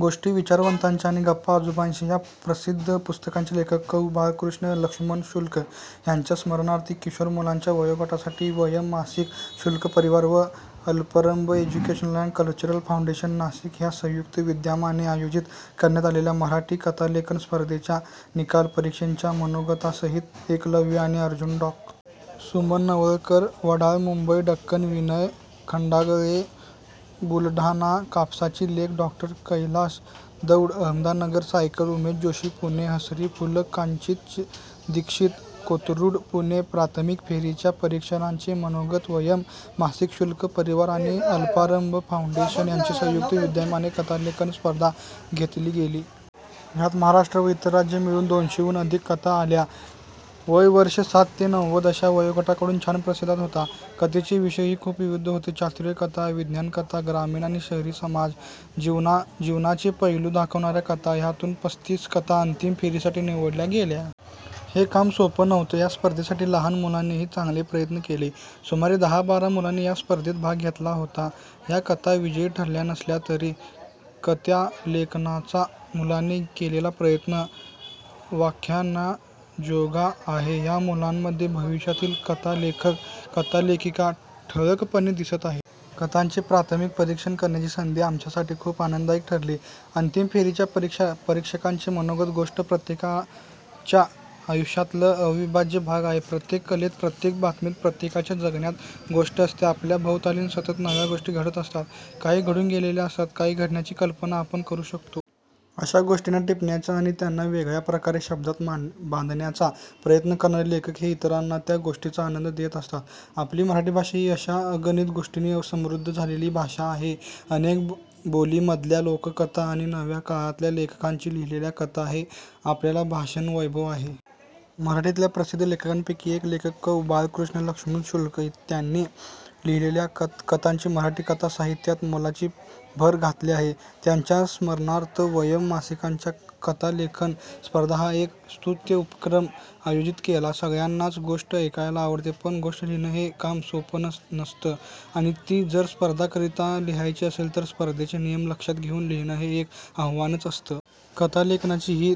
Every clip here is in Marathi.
गोष्टी विचारवंतांच्या आणि गप्पा आजोबांशी या प्रसिद्ध पुस्तकांचे लेखक कै. बाळकृष्ण लक्ष्मण शुक्ल यांच्या स्मरणार्थ किशोर मुलांच्या वयोगटासाठी वयम् मासिक, शुक्ल परिवार व Alparambh educational and cultural foundation, Nashik यांच्या संयुक्त विद्यमाने आयोजित करण्यात आलेल्या मराठी कथालेखन स्पर्धेचा निकाल परीक्षकांच्या मनोगतासहित एकलव्य आणि अर्जुन डॉ. सुमन नवलकर, वडाळा मुंबई ढक्कन विनय खंडागळे, बुलढाणा कापसाची लेक डॉ. कैलास दौंड, अहमदनगर सायकल- उमेश जोशी, पुणे हसरी फुलं कांचन दीक्षित, कोथरूड पुणे प्राथमिक फेरीच्या परीक्षकांचे मनोगत वयम् मासिक, शुक्ल परिवार आणि अल्पारंभ फाऊंडेशन यांच्या संयुक्त विद्यमाने कथालेखन स्पर्धा घेतली गेली. यात महाराष्ट्र व इतर राज्य मिळून दोनशे हून अधिक कथा आल्या. वय वर्षे सात ते नव्वद अशा वयोगटाकडून छान प्रतिसाद होता. कथांचे विषयही खूप विविध होते. चातुर्य कथा, विज्ञान कथा, ग्रामीण आणि शहरी समाज जीवनाचे पैलू दाखवणाऱ्या कथा यांमधून पस्तीस कथा अंतिम फेरीसाठी निवडल्या गेल्या. हे काम सोपं नव्हतं. या स्पर्धेसाठी लहान मुलांनीही चांगले प्रयत्न केले. सुमारे दहा बारा मुलांनी या स्पर्धेत भाग घेतला होता. या कथा विजयी ठरल्या नसल्या तरी कथालेखनाचा मुलांनी केलेला प्रयत्न वाखाणण्याजोगा आहे. या मुलांमध्ये भविष्यातील कथालेखक कथालेखिका ठळकपणे दिसत आहेत. कथांचे प्राथमिक परीक्षण करण्याची संधी आमच्यासाठी खूप आनंददायी ठरली. अंतिम फेरीच्या परीक्षकांचे मनोगत गोष्ट प्रत्येकाच्या आयुष्यातला अविभाज्य भाग आहे. प्रत्येक कलेत, प्रत्येक बातमीत, प्रत्येकाच्या जगण्यात गोष्ट असते. आपल्या भोवताली सतत नव्या गोष्टी घडत असतात, काही घडून गेलेल्या असतात, काही घडण्याची कल्पना आपण करू शकतो. अशा गोष्टींना टिपण्याचा आणि त्यांना वेगळ्या प्रकारे शब्दांत बांधण्याचा प्रयत्न करणारे लेखक हे इतरांना त्या गोष्टींचा आनंद देत असतात. आपली मराठी भाषा ही अशा अगणित गोष्टींनी समृद्ध झालेली भाषा आहे. अनेक बोलींमधल्या लोककथा आणि नव्या काळातल्या लेखकांनी लिहिलेल्या कथा, हे आपल्या भाषेचं वैभव आहे. मराठीतल्या प्रसिद्ध लेखकांपैकी एक लेखक कै. बाळकृष्ण लक्ष्मण शुक्ल. त्यांनी लिहिलेल्या कथांनी मराठी कथा साहित्यात मोलाची भर घातली आहे. त्यांच्या स्मरणार्थ वयम् मासिकानं कथालेखन स्पर्धा हा एक स्तुत्य उपक्रम आयोजित केला. सगळ्यांनाच गोष्ट ऐकायला आवडते, पण गोष्ट लिहिणं हे काम सोपं नसतं आणि ती जर स्पर्धेकरिता लिहायची असेल, तर स्पर्धेचे नियम लक्षात घेऊन लिहिणं हे एक आव्हानच असतं. कथालेखनाची ही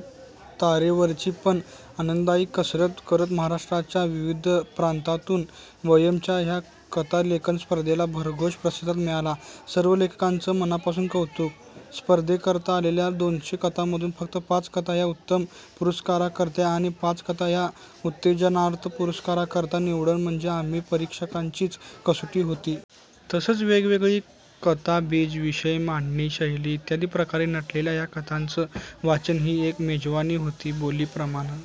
तारेवरची, पण आनंददायी कसरत करत महाराष्ट्राच्या विविध प्रांतांतून वयम च्या ह्या कथालेखन स्पर्धेला भरघोस प्रतिसाद मिळाला. सर्व लेखकांचं मनापासून कौतुक. स्पर्धेकरता आलेल्या दोनशे कथांमधून फक्त पाच कथा ह्या उत्तम पुरस्काराकरिता आणि पाच कथा ह्या उत्तेजनार्थ पुरस्काराकरता निवडणं म्हणजे आम्हा परीक्षकांचीच कसोटी होती. तसंच वेगवेगळी कथाबीजं, विषय, मांडणी, शैली इत्यादी प्रकारे नटलेल्या ह्या कथांचं वाचन ही एक मेजवानीही होती. बोली, प्रमाण